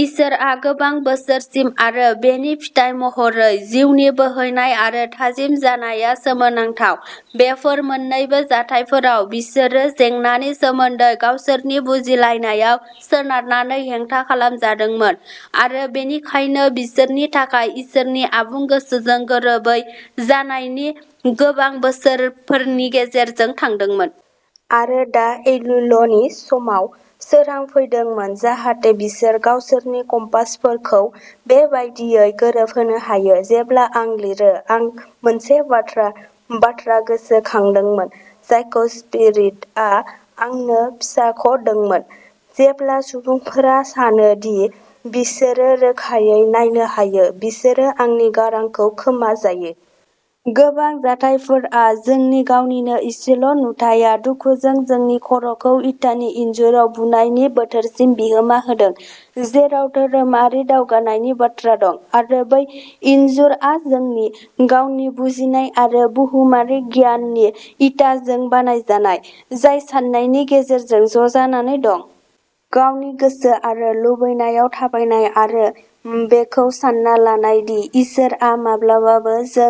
इसोरआ गोबां बोसोरसिम आरो बेनि फिथाय महरै जिउनि बोहैनाय आरो थाजिम जानाया सोमोनांथाव। बेफोर मोन्नैबो जाथायफोराव, बिसोरो जेंनाफोरनि सोमोन्दै गावसोरनि बुजिलायनायाव सोनारनानै हेंथा खालामजादोंमोन आरो बेनिखायनो बिसोरनि थाखाय इसोरनि आबुं गोसोजों गोरोबै जानायनि गोबां बोसोरफोरनि गेजेरजों थांदोंमोन। आरो दा एलुलनि समाव, सोरां फैदोंमोन जाहाथे बिसोर गावसोरनि कम्पासफोरखौ बे बायदियै गोरोबहोनो हायो। जेब्ला आं लिरो, आं मोनसे बाथ्रा बाथ्रा गोसोखांदोंमोन जायखौ स्पिरिटआ आंनो फिसाख'दोंमोन, "जेब्ला सुबुंफोरा सानो दि बिसोरो रोखायै नायनो हायो, बिसोरो आंनि गारांखौ खोमा जायो।" गोबां जाथायफोराव, जोंनि गावनिनो एसेल'नुथाया दुखुजों जोंनि खर'खौ इटानि इनजुराव बुनायनि बोथोरसिम बिहोमा होदों, जेराव धोरोमारि दावगानायनि बाथ्रा दं। आरो बै इनजुरआ जोंनि गावनि बुजिनाय आरो बुहुमारि गियाननि इटाजों बानायजानाय, जाय साननायनि गेजेरजों ज'जानानै दं। गावनि गोसो आरो लुबैनायाव थाबायनाय आरो बेखौ सान्ना लानाय दि इसोरआ माब्लाबाबो जों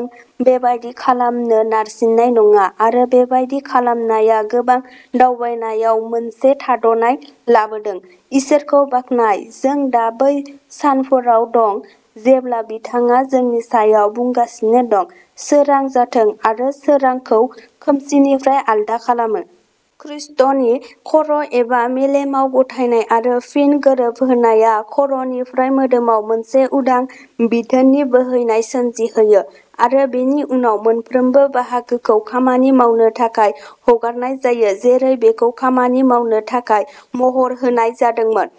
बेबादि खालामनो नारसिननाय नङा आरो बेबादि खालामनाया गोबां दावबायनायाव मोनसे थाद'नाय लाबोदों। इसोरखौ बाख्नाय, जों दा बै सानफोराव दं जेब्ला बिथाङा जोंनि सायाव बुंगासिनो दं, "सोरां जाथों" आरो सोरांखौ खोमसिनिफ्राय आलादा खालामो। खृष्टनि खर'एबा मेलेमाव गथायनाय आरो फिन गोरोबहोनाया खर'निफ्राय मोदोमाव मोनसे उदां बिथोननि बोहैनाय सोमजिहोयो आरो बेनि उनाव मोनफ्रोमबो बाहागोखौ खामानि मावनो थाखाय हगारनाय जायो जेरै बेखौ खामानि मावनो थाखाय महर होनाय जादोंमोन।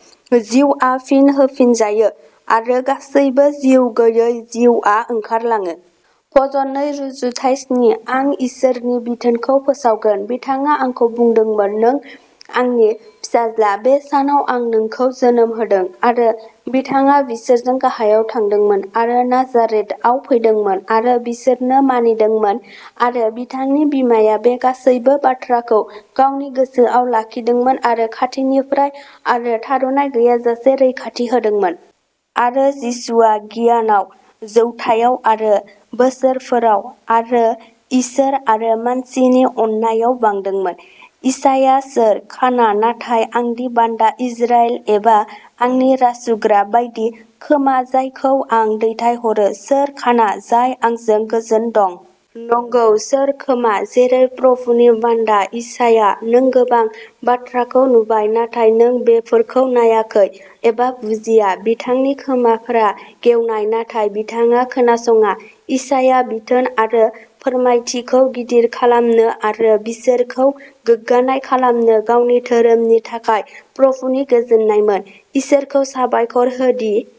जिउआ फिन होफिनजायो आरो गासैबो जिउ गैयै जिउआ ओंखारलाङो। भजन नै रुजुथाय स्नि आं इसोरनि बिथोनखौ फोसावगोन बिथाङा आंखौ बुंदोंमोन, नों आंनि फिसाज्ला; बे सानाव आं नोंखौ जोनोम होदों। आरो बिथाङा बिसोरजों गाहायाव थांदोंमोन। आरो नाजारेथआव फैदोंमोन आरो बिसोरनो मानिदोंमोन आरो बिथांनि बिमाया बे गासैबो बाथ्राफोरखौ गावनि गोसोआव लाखिदोंमोन आरो खाथिनिफ्राय आरो थादनाय गैयाजासे रैखाथि होदोंमोन। आरो जिसुआ गियानाव, जौथायाव आरो बोसोरफोराव, आरो इसोर आरो मानसिनि अननायाव बांदोंमोन। इसाया सोर खाना नाथाय आंनि बान्दा इजराइल एबा आंनि रासुग्रा बायदि खोमा जायखौ आं दैथायहरो सोर खाना जाय आंजों गोजोन दं। नंगौ, सोर खोमा जेरै प्रभुनि बान्दा इसाया नों गोबां बाथ्राफोरखौ नुबाय, नाथाय नों बेफोरखौ नायाखै एबा बुजिया। बिथांनि खोमाफोरा गेवनाय, नाथाय बिथाङा खोनासङा इसाया बिथोन आरो फोरमायथिखौ गिदिर खालामनो आरो बिसोरखौ गोग्गानाय खालामनो गावनि धोरोमनि थाखाय प्रभुनि गोजोनमोन। इसोरखौ साबायखर हो दि,